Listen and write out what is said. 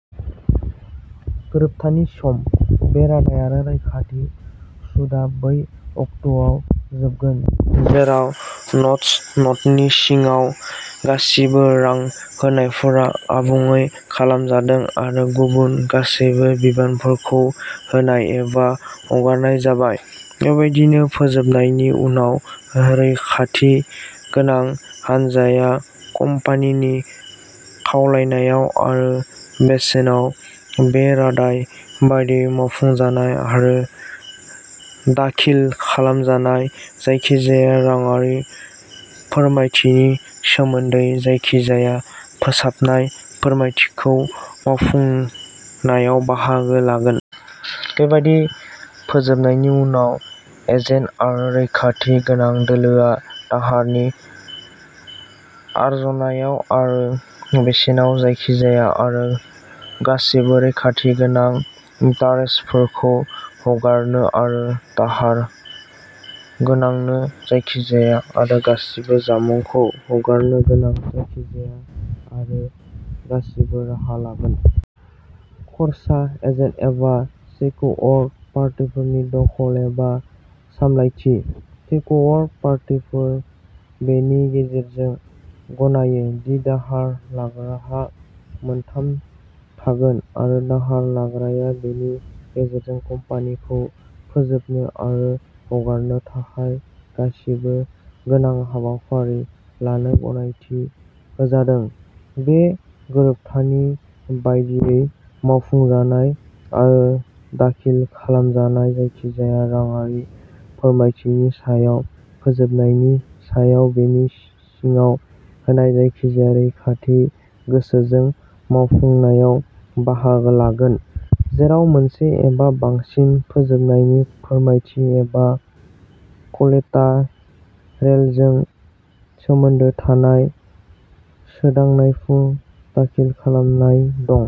गोरोबथानि सम। बे रादाय आरो रैखाथि सुदआ बै अक्ट'आव जोबगोन जेराव नटस नटनि सिङाव गासिबो रां होनायफोरा आबुङै खालामजादों आरो गुबुन गासैबो बिबानफोरखौ होनाय एबा हगारनाय जाबाय। बेबादि फोजोबनायनि उनाव, रैखाथि गोनां हानजाया, कम्पानिनि खावलायनायाव आरो बेसेनाव, बे रादाय बायदियै मावफुंजानाय आरो दाखिल खालामजानाय जायखिजाया राङारि फोरमायथिनि सोमोनदै जायखिजाया फोजोबनाय फोरमायथिखौ मावफुंनायाव बाहागो लागोन। बेबादि फोजोबनायनि उनाव, एजेन्ट आरो रैखाथि गोनां दोलोआ, दाहारनि आर'जनायाव आरो बेसेनाव, जायखिजाया आरो गासिबो रैखाथि गोनां इन्टारेस्टफोरखौ हगारनो आरो दाहार गोनांनो जायखिजाया आरो गासिबो जामुंखौ हगारनो गोनां जायखिजाया आरो गासिबो राहा लागोन। खर्सा एजेन्ट एबा सेक्युअर्ड पार्टिफोरनि दखल एबा सामलायथि। सेक्युअर्ड पार्टिफोरा बेनि गेजेरजों गनायो दि दाहार लाग्राहा मोनथाय थागोन, आरो दाहार लाग्राया बेनि गेजेरजों कम्पानिखौ फोजोबनो आरो हगारनो थाखाय गासिबो गोनां हाबाफारि लानो गनायथि होजादों, बे गोरोबथानि बायदियै मावफुंजानाय आरो दाखिल खालामजानाय जायखिजाया राङारि फोरमायथिनि सायाव फोजोबनायनि सायाव बेनि सिङाव होनाय जायखिजाया रैखाथि गोसोजों मावफुंनायाव बाहागो लागोन, जेराव मोनसे एबा बांसिन फोजोबनायनि फोरमायथि एबा क'लेटारेलजों सोमोन्दो थानाय सोदांनायफोर दाखिल खालामनाय दं।